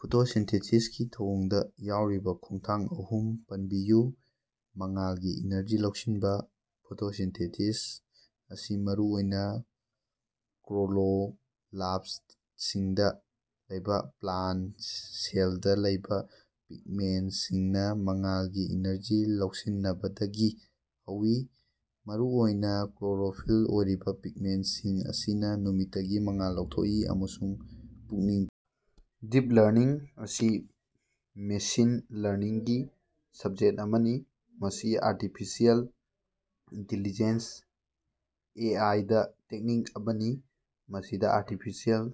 ꯐꯣꯇꯣꯁꯤꯟꯊꯦꯁꯤꯁꯀꯤ ꯊꯧꯑꯣꯡꯗꯥ ꯌꯥꯎꯔꯤꯕꯥ ꯈꯣꯡꯊꯥꯡ ꯑꯍꯨꯝ ꯄꯟꯕꯤꯌꯨ꯫ ꯃꯉꯥꯜꯒꯤ ꯏꯅꯔꯖꯤ ꯂꯧꯁꯤꯟꯕꯥ: ꯐꯣꯇꯣꯁꯤꯟꯊꯦꯊꯤꯁ ꯑꯁꯤ ꯃꯔꯨꯑꯣꯏꯅ ꯀ꯭ꯂꯣꯔꯣꯂꯥꯞꯁꯇꯁꯤꯡꯗ ꯂꯩꯕ ꯄ꯭ꯂꯥꯟꯇ ꯁꯦꯜꯗꯥ ꯂꯩꯕꯥ ꯄꯤꯒꯃꯦꯟꯇꯁꯤꯡꯅꯥ ꯃꯉꯥꯜꯒꯤ ꯏꯅꯔꯖꯤ ꯂꯧꯁꯤꯅꯕꯗꯒꯤ ꯍꯧꯏ꯫ ꯃꯔꯨꯑꯣꯏꯅꯥ ꯀ꯭ꯂꯣꯔꯣꯐꯤꯜ ꯑꯣꯏꯔꯤꯕ ꯄꯤꯒꯃꯦꯟꯇꯁꯤꯡ ꯑꯁꯤꯅ ꯅꯨꯃꯤꯠꯇꯒꯤ ꯃꯉꯥꯜ ꯂꯧꯊꯣꯛꯏ ꯑꯃꯁꯨꯡ ꯄꯨꯛꯅꯤꯡ ꯗꯤꯞ ꯂꯔꯅꯤꯡ ꯑꯁꯤ ꯃꯦꯁꯤꯟ ꯂꯔꯅꯤꯡꯒꯤ ꯁꯕꯖꯦꯠ ꯑꯃꯅꯤ, ꯃꯁꯤ ꯑꯥꯔꯇꯤꯐꯤꯁꯤꯑꯦꯜ ꯏꯟꯇꯤꯂꯤꯖꯦꯟꯁ (ꯑꯦ. ꯑꯥꯏ.)ꯗꯥ ꯇꯦꯛꯅꯤꯛ ꯑꯃꯅꯤ, ꯃꯁꯤꯗ ꯑꯥꯔꯇꯤꯐꯤꯁꯤꯑꯦꯜ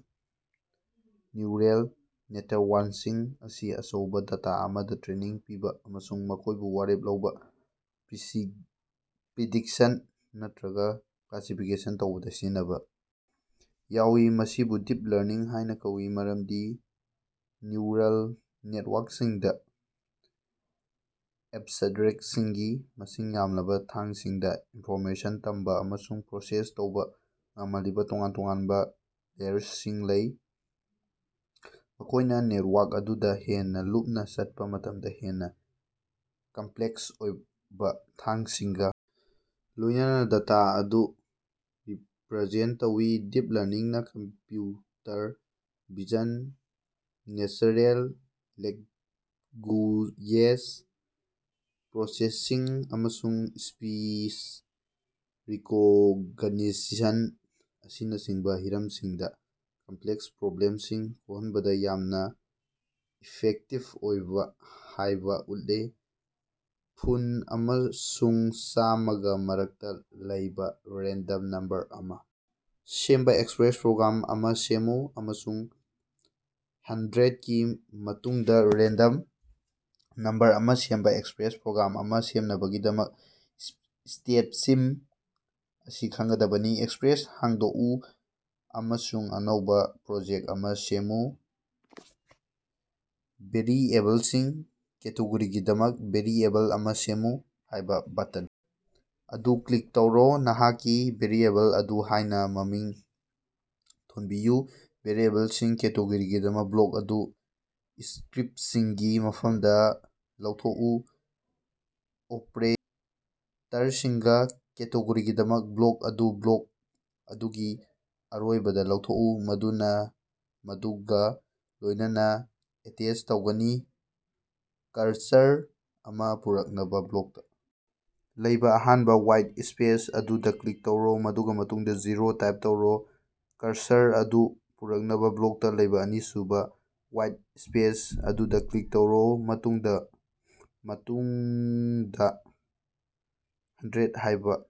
ꯅ꯭ꯌꯨꯔꯦꯜ ꯅꯦꯇꯋꯥꯟꯁꯤꯡ ꯑꯁꯤ ꯑꯆꯧꯕ ꯗꯇꯥ ꯑꯃꯗ ꯇ꯭ꯔꯦꯅꯤꯡ ꯄꯤꯕ ꯑꯃꯁꯨꯡ ꯃꯈꯣꯏꯕꯨ ꯋꯥꯔꯦꯞ ꯂꯧꯕ, ꯄ꯭ꯔꯤꯁꯤ ꯄ꯭ꯔꯤꯗꯤꯛꯁꯟ ꯅꯠꯇ꯭ꯔꯒꯥ ꯀ꯭ꯂꯥꯁꯤꯐꯤꯀꯦꯁꯟ ꯇꯧꯕꯗꯥ ꯁꯤꯖꯤꯟꯅꯕꯥ ꯌꯥꯎꯏ꯫ ꯃꯁꯤꯕꯨ "ꯗꯤꯞ ꯂꯔꯅꯤꯡ" ꯍꯥꯏꯅꯥ ꯀꯧꯏ ꯃꯔꯝꯗꯤ ꯅ꯭ꯌꯨꯔꯜ ꯅꯦꯇꯋꯥꯔꯛꯁꯤꯡꯗꯥ ꯁꯠꯔꯦꯛꯁꯤꯡꯒꯤ ꯃꯁꯤꯡ ꯌꯥꯝꯂꯕꯥ ꯊꯥꯡꯁꯤꯡꯗꯥ ꯏꯟꯐꯣꯔꯃꯦꯁꯟ ꯇꯝꯕꯥ ꯑꯃꯁꯨꯡ ꯄ꯭ꯔꯣꯁꯦꯁ ꯇꯧꯕ ꯉꯝꯍꯜꯂꯤꯕ ꯇꯣꯉꯥꯟ-ꯇꯣꯉꯥꯟꯕ ꯂꯦꯌꯔꯁꯤꯡ ꯂꯩ, ꯃꯈꯣꯏꯅꯥ ꯅꯦꯇꯋꯥꯔꯛ ꯑꯗꯨꯗ ꯍꯦꯟꯅ ꯂꯨꯝꯅꯥ ꯆꯠꯄꯥ ꯃꯇꯝꯗ ꯍꯦꯟꯅꯥ ꯀꯝꯄ꯭ꯂꯦꯛꯁ ꯑꯣꯏꯕ ꯊꯥꯡꯁꯤꯡꯒ ꯂꯣꯏꯅꯅꯥ ꯗꯇꯥ ꯑꯗꯨ ꯔꯤꯄ꯭ꯔꯖꯦꯟꯇ ꯇꯧꯏ꯫ ꯗꯤꯞ ꯂꯔꯅꯤꯡꯅꯥ computer vision, natural language processing ꯑꯃꯁꯨꯡ ꯁ꯭ꯄꯤꯁ ꯔꯤꯀꯣꯒꯅꯤꯁꯟ ꯑꯁꯤꯅꯆꯤꯡꯕꯥ ꯍꯤꯔꯝꯁꯤꯡꯗꯥ ꯀꯝꯄ꯭ꯂꯦꯛꯁ ꯄ꯭ꯔꯣꯕ꯭ꯂꯦꯝꯁꯤꯡ ꯀꯣꯍꯟꯕꯗ ꯌꯥꯝꯅꯥ ꯏꯐꯦꯛꯇꯤꯕ ꯑꯣꯏ ꯍꯥꯏꯕꯥ ꯎꯠꯂꯦ꯫ ꯐꯨꯟ ꯑꯃꯁꯨꯡ ꯆꯥꯝꯃꯒ ꯃꯔꯛꯇ ꯂꯩꯕ ꯔꯦꯟꯗꯝ ꯅꯝꯕꯔ ꯑꯃ ꯁꯦꯝꯕ ꯑꯦꯛꯄ꯭ꯔꯦꯁ ꯄ꯭ꯔꯣꯒ꯭ꯔꯥꯝ ꯑꯃ ꯁꯦꯝꯃꯨ꯫ ꯑꯃꯁꯨꯡ ꯍꯟꯗ꯭ꯔꯦꯠꯀꯤ ꯃꯇꯨꯡꯗ ꯔꯦꯟꯗꯝ ꯅꯝꯕꯔ ꯑꯃ ꯁꯦꯝꯕ ꯑꯦꯛꯄ꯭ꯔꯦꯁ ꯄ꯭ꯔꯣꯒ꯭ꯔꯥꯝ ꯑꯃ ꯁꯦꯝꯅꯕꯒꯤꯗꯃꯛ, ꯏꯁꯇꯦꯞꯁꯤꯡ ꯑꯁꯤ ꯈꯪꯒꯗꯕꯅꯤ: ꯑꯦꯛꯄ꯭ꯔꯦꯁ ꯍꯥꯡꯗꯣꯛꯎ ꯑꯃꯁꯨꯡ ꯑꯅꯧꯕ ꯄ꯭ꯔꯣꯖꯦꯛ ꯑꯃ ꯁꯦꯝꯃꯨ꯫ "ꯚꯦꯔꯤꯑꯦꯕꯜꯁꯤꯡ" ꯀꯦꯇꯦꯒꯣꯔꯤꯒꯤꯗꯃꯛ, "ꯚꯦꯔꯤꯑꯦꯕꯜ ꯑꯃ ꯁꯦꯝꯃꯨ" ꯍꯥꯏꯕ ꯕꯇꯟ ꯑꯗꯨ ꯀ꯭ꯂꯤꯛ ꯇꯧꯔꯣ꯫ ꯅꯍꯥꯛꯀꯤ ꯚꯦꯔꯤꯑꯦꯕꯜ ꯑꯗꯨ ꯍꯥꯏꯅ ꯃꯃꯤꯡ ꯊꯣꯟꯕꯤꯌꯨ꯫ ꯚꯦꯔꯤꯑꯦꯕꯜꯁꯤꯡ ꯀꯦꯇꯦꯒꯣꯔꯤꯒꯤꯗꯃꯛ ꯕ꯭ꯂꯣꯛ ꯑꯗꯨ ꯏꯁꯀ꯭ꯔꯤꯞꯁꯤꯡꯒꯤ ꯃꯐꯝꯗ ꯂꯧꯊꯣꯛꯎ꯫ ꯑꯣꯄ꯭ꯔꯦꯇꯔꯁꯤꯡꯒ ꯀꯦꯇꯦꯒꯣꯔꯤꯒꯤꯗꯃꯛ, ꯕ꯭ꯂꯣꯛ ꯑꯗꯨ ꯕ꯭ꯂꯣꯛ ꯑꯗꯨꯒꯤ ꯑꯔꯣꯏꯕꯗ ꯂꯧꯊꯣꯛꯎ, ꯃꯗꯨꯅ ꯃꯗꯨꯒ ꯂꯣꯏꯅꯥꯅ ꯑꯦꯇꯦꯆ ꯇꯧꯒꯅꯤ꯫ ꯀꯔꯁꯔ ꯑꯃ ꯄꯨꯔꯛꯅꯥꯕ ꯕ꯭ꯂꯣꯛꯇ ꯂꯩꯕ ꯑꯍꯥꯟꯕ ꯋꯥꯏꯠ ꯁ꯭ꯄꯦꯁ ꯑꯗꯨꯗ ꯀ꯭ꯂꯤꯛ ꯇꯧꯔꯣ, ꯃꯗꯨꯒ ꯃꯇꯨꯡꯗ ꯖꯦꯔꯣ ꯇꯥꯏꯞ ꯇꯧꯔꯣ, ꯀꯔꯁꯔ ꯑꯗꯨ ꯄꯨꯔꯛꯅꯕ ꯕ꯭ꯂꯣꯛꯇ ꯂꯩꯕ ꯑꯅꯤꯁꯨꯕ ꯋꯥꯏꯠ ꯏꯁꯄꯦꯁ ꯑꯗꯨꯗ ꯀ꯭ꯂꯤꯛ ꯇꯧꯔꯣ, ꯃꯇꯨꯡꯗ ꯃꯇꯨꯡꯗ ꯍꯟꯗ꯭ꯔꯦꯠ ꯍꯥꯏꯕ꯫